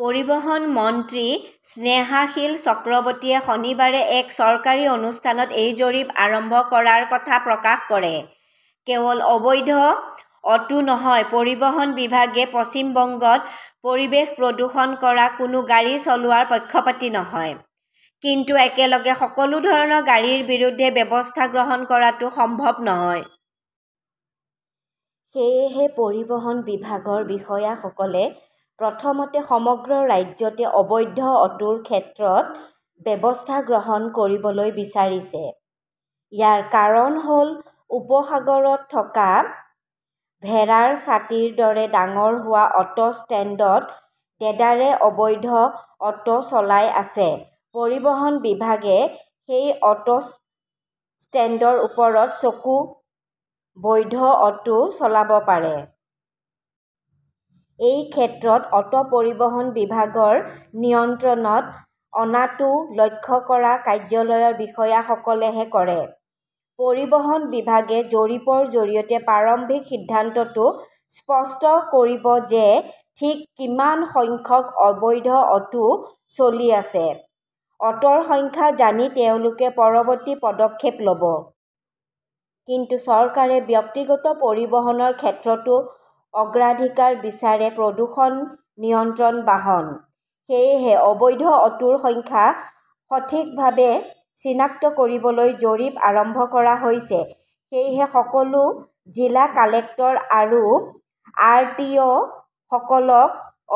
পৰিবহণ মন্ত্ৰী স্নেহাশীষ চক্ৰৱৰ্তীয়ে শনিবাৰে এক চৰকাৰী অনুষ্ঠানত এই জৰীপ আৰম্ভ কৰাৰ কথা প্ৰকাশ কৰে। কেৱল অবৈধ অটো নহয়, পৰিবহণ বিভাগে পশ্চিম বংগত পৰিৱেশ প্ৰদূষিত কৰা কোনো গাড়ী চলোৱাৰ পক্ষপাতী নহয়। কিন্তু একেলগে সকলো ধৰণৰ গাড়ীৰ বিৰুদ্ধে ব্যৱস্থা গ্ৰহণ কৰাটো সম্ভৱ নহয়। সেয়েহে, পৰিবহণ বিভাগৰ বিষয়াসকলে প্ৰথমে সমগ্ৰ ৰাজ্যতে অবৈধ অটোৰ ক্ষেত্ৰত ব্যৱস্থা গ্ৰহণ কৰিবলৈ বিচাৰিছে। ইয়াৰ কাৰণ হ "ল উপনগৰত থকা ভেড়াৰ ছাতিৰ দৰে ডাঙৰ হোৱা অটো ষ্টেণ্ডত দেদাৰে অবৈধ অটো চলাই আছে। পৰিবহণ বিভাগে সেই সকলো অটো ষ্টেণ্ডৰ ওপৰত চকু ৰাখি বৈধ অটো চলাব বিচাৰে। এই ক্ষেত্ৰত অটো পৰিবহণ বিভাগৰ নিয়ন্ত্ৰণত অনাটোও লক্ষ্য কৰা কাৰ্যালয়ৰ বিষয়াসকলেহে কৰে। পৰিবহণ বিভাগে জৰীপৰ জৰিয়তে প্ৰাৰম্ভিক সিদ্ধান্তটো স্পষ্ট কৰিব যে ঠিক কিমান সংখ্যক অবৈধ অটো চলি আছে। অটোৰ সংখ্যা জানি তেওঁলোকে পৰৱৰ্তী পদক্ষেপ ল "ব। কিন্তু চৰকাৰে ব্যক্তিগত পৰিবহণৰ ক্ষেত্ৰতো অগ্ৰাধিকাৰ বিচাৰে-প্ৰদূষণ নিয়ন্ত্ৰক বাহন। সেয়েহে অবৈধ অটোৰ সংখ্যা সঠিকভাৱে চিনাক্ত কৰিবলৈ জৰীপ আৰম্ভ কৰা হৈছে। "সেয়েহে সকলো জিলা কালেক্টৰ আৰু আৰ. টি. অ". ক সকলো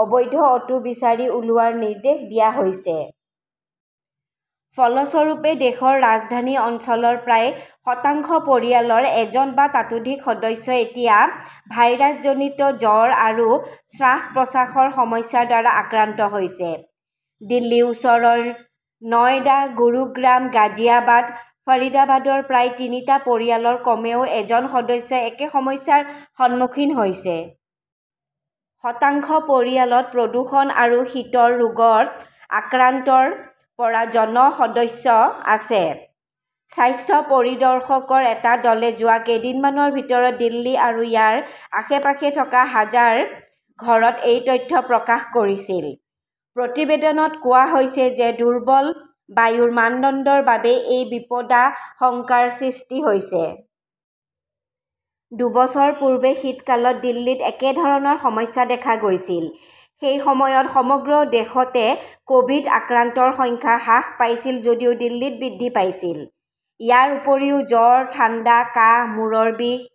অবৈধ অটো বিচাৰি উলিওৱাৰ নিৰ্দেশ দিয়া হৈছে। ফলস্বৰূপে, দেশৰ ৰাজধানী অঞ্চলৰ প্ৰায় শতাংশ পৰিয়ালৰ এজন বা ততোধিক সদস্য এতিয়া ভাইৰাছজনিত জ্বৰ আৰু শ্বাস-প্ৰশ্বাসৰ সমস্যাৰ দ্বাৰা আক্ৰান্ত হৈছে। দিল্লীৰ ওচৰৰ নয়ডা, গুৰুগ্ৰাম, গাজিয়াবাদ, ফৰিদাবাদৰ প্ৰায় প্ৰতিটো পৰিয়ালৰ কমেও এজন সদস্যই একে সমস্যাৰ সন্মুখীন হৈছে। শতাংশ পৰিয়ালত প্ৰদূষণ আৰু শীতৰ ৰোগত আক্ৰান্ত ৰ পৰা জন সদস্য আছে। স্বাস্থ্য পৰিদৰ্শকৰ এটা দলে যোৱা কেইদিনমানৰ ভিতৰত দিল্লী আৰু ইয়াৰ আশে-পাশে থকা হাজাৰ ঘৰত এই তথ্য প্ৰকাশ কৰিছিল। প্ৰতিবেদনত কোৱা হৈছে যে দুৰ্বল বায়ুৰ মানদণ্ডৰ বাবেই এই বিপদাশংকাৰ সৃষ্টি হৈছে। দুবছৰ পূৰ্বে শীতকালত দিল্লীত একে ধৰণৰ সমস্যা দেখা গৈছিল। সেই সময়ত সমগ্ৰ দেশতে ক "ভিড আক্ৰান্তৰ সংখ্যা হ্ৰাস পাইছিল যদিও দিল্লীত বৃদ্ধি পাইছিল। ইয়াৰ উপৰিও জ্বৰ, ঠাণ্ডা, কাহ, মূৰৰ বিষ,